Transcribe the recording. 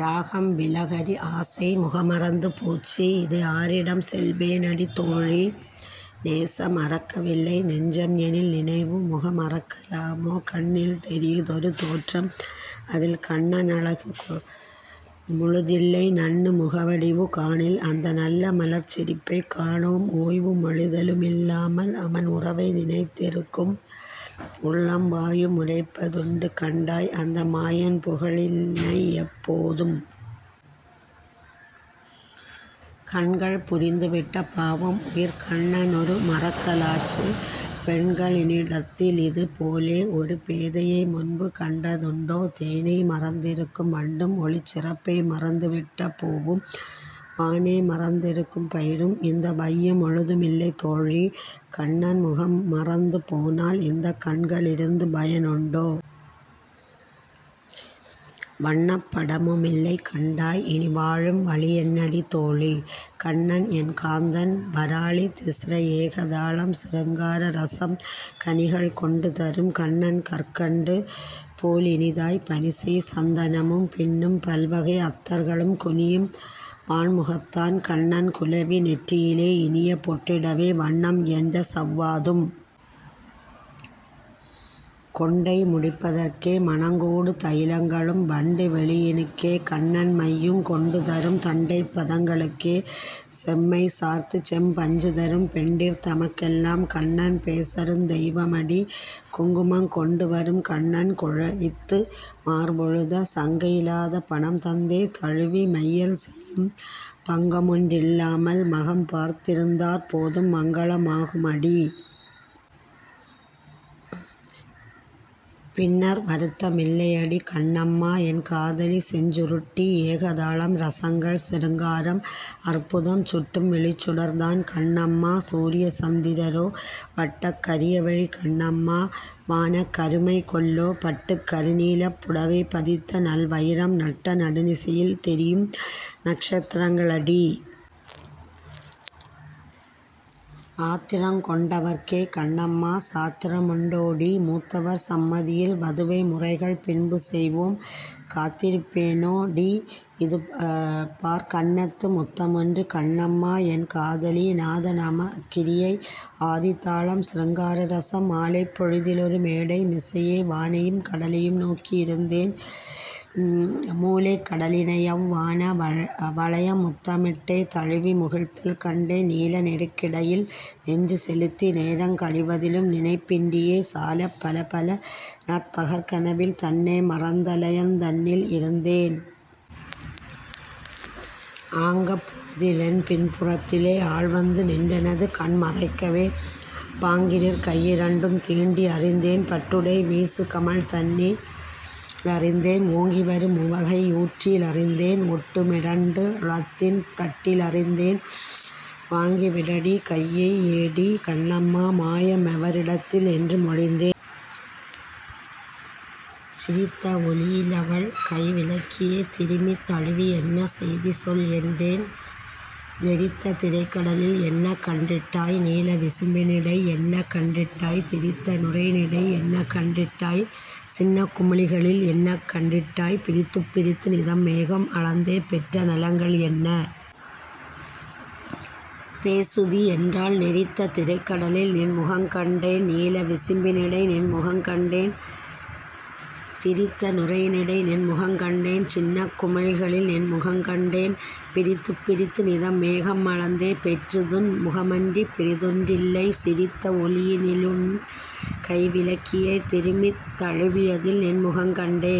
ராகம் பிலஹரி ஆசை முகமறந்து போச்சே இதை ஆரிடம் செல்வேனடி தோழி? நேச மறக்கவில்லை நெஞ்சம் எனில் நினைவு முகமறக்க லாமோ? கண்ணில் தெரியுதொரு தோற்றம் அதில் கண்ண னழகுமுழு தில்லை நண்ணு முகவடிவு காணில் அந்த நல்ல மலர்ச்சிரிப்பைக் காணோம். ஓய்வு மொழிதலுமில் லாமல் அவன் உறவை நினைத்திருக்கும் உள்ளம்; வாயு முரைப்ப துண்டு கண்டாய் அந்த மாயன் புகழினையெப் போதும். கண்கள் புரிந்துவிட்ட பாவம் உயிர்க் கண்ண னுருமறக்க லாச்சு; பெண்க ளினிடத்திலிது போலே ஒரு பேதையை முன்புகண்ட துண்டோ? தேனை மறந்திருக்கும் வண்டும் ஒளிச் சிறப்பை மறந்துவிட்ட பூவும் வானை மறந்திருக்கும் பயிரும் இந்த வைய முழுதுமில்லை தோழி!. கண்ணன் முகம்மறந்து போனால் இந்தக் கண்க ளிருந்து பயனுண்டோ? வண்ணப் படமுமில்லை கண்டாய் இனி வாழும் வழியென்னடி தோழி?. கண்ணன் என் காந்தன் வராளி திஸ்ர ஏக தாளம் சிருங்கார ரசம் கனிகள் கொண்டுதரும் கண்ணன் கற்கண்டு போலினிதாய்; பனிசெய் சந்தனமும் பின்னும் பல்வகை அத்தர்களும், குனியும் வாண்முகத்தான் கண்ணன் குலவி நெற்றியிலே இனிய பொட்டிடவே வண்ணம் இயன்ற சவ்வாதும். கொண்டை முடிப்பதற்கே; மணங் கூடு தயிலங்களும், வண்டு விழியினுக்கே கண்ணன் மையுங் கொண்டுதரும்; தண்டைப் பதங்களுக்கே செம்மை சார்த்துசெம் பஞ்சுதரும்; பெண்டிர் தமக்கெல்லாம் கண்ணன் பேசருந் தெய்வமடீ! குங்குமங் கொண்டுவரும் கண்ணன் குழைத்து மார்பொழுத; சங்கையி லாதபணம் தந்தே தழுவி மையல் செய்யும்; பங்கமொன் றில்லாமல் மகம் பார்த்திருந் தாற்போதும்; மங்கள மாகுமடீ! பின்னோர் வருத்த மில்லையடி!.. கண்ணம்மா என் காதலி செஞ்சுருட்டி ஏகதாளம் ரசங்கள்: சிருங்காரம், அற்புதம் சுட்டும் விழிச்சுடர் தான், கண்ணம்மா! சூரிய சந்திர ரோ? வட்டக் கரிய விழி, கண்ணம்மா! வானக் கருமை கொல்லோ? பட்டுக் கருநீலப் புடவை பதித்த நல் வயிரம் நட்ட நடு நிசியில் தெரியும் நக்ஷத் திரங்க ளடீ! ஆத்திரங் கொண்டவர்க்கே, கண்ணம்மா! சாத்திர முண்டோ டீ! மூத்தவர் சம்மதியில் வதுவை முறைகள் பின்பு செய்வோம்; காத்திருப் பேனோ டீ? இதுபார், கன்னத்து முத்த மொன்று!. கண்ணம்மா என் காதலி நாதநாமக்கிரியை ஆதிதாளம் சிருங்கார ரசம் மாலைப் பொழுதிலொரு மேடை மிசையே வானையும் கடலையும் நோக்கி யிருந்தேன்; மூலைக் கடலினையவ் வான வளையம் முத்தமிட் டேதழுவி முகிழ்த்தல் கண்டேன்; நீல நெருக்கிடையில் நெஞ்சு செலுத்தி, நேரங் கழிவ திலும் நினைப்பின்றியே சாலப் பலபல நற் பகற்கனவில் தன்னை மறந்தலயந் தன்னில் இருந்தேன். ஆங்கப் பொழுதிலென் பின்பு றத்திலே, ஆள்வந்து நின்றெனது கண்ம றைக்கவே, பாங்கினிற் கையிரண்டுந் தீண்டி யறிந்தேன். பட்டுடை வீசுகமழ் தன்னி லறிந்தேன், ஓங்கிவரு முவகை யூற்றி லறிந்தேன்; ஒட்டுமி ரண்டுளத்தின் தட்டி லறிந்தேன்; ''வாங்கி விடடிகையை யேடி கண்ணம்மா! மாய மெவரிடத்தில்? '' என்று மொழிந்தேன்.. சிரித்த ஒலியிலவள் கைவி லக்கியே திருமித் தழுவி ''என்ன செய்தி சொல்'' என்றேன்; ''நெரித்த திரைக்கடலில் என்ன கண்டிட்டாய்? நீல விசும்பினிடை என்ன கண்டிட்டாய்? திரித்த நுரையினிடை என்ன கண்டிட்டாய்? சின்னக் குமிழிகளில் என்ன கண்டிட்டாய்? பிரித்துப் பிரித்துநிதம் மேகம் அளந்தே பெற்ற நலங்கள் என்ன? பேசுதி'' என்றாள். ''நெரித்த திரைக்கடலில் நின்முகங் கண்டேன்; நீல விசும்பினிடை நின்முகங் கண்டேன்; திரித்த நுரையினிடை நின்முகங் கண்டேன்; சின்னக் குமிழிகளில் நின்முகங் கண்டேன்; பிரித்துப் பிரித்துநிதம் மேகம் அளந்தே பெற்றுதுன் முகமன்றிப் பிறிதொன் றில்லை; சிரித்த ஒலியினிலுன் கைவி லக்கியே, திருமித் தழுவியதில் நின்முகங் கண்டேன்''..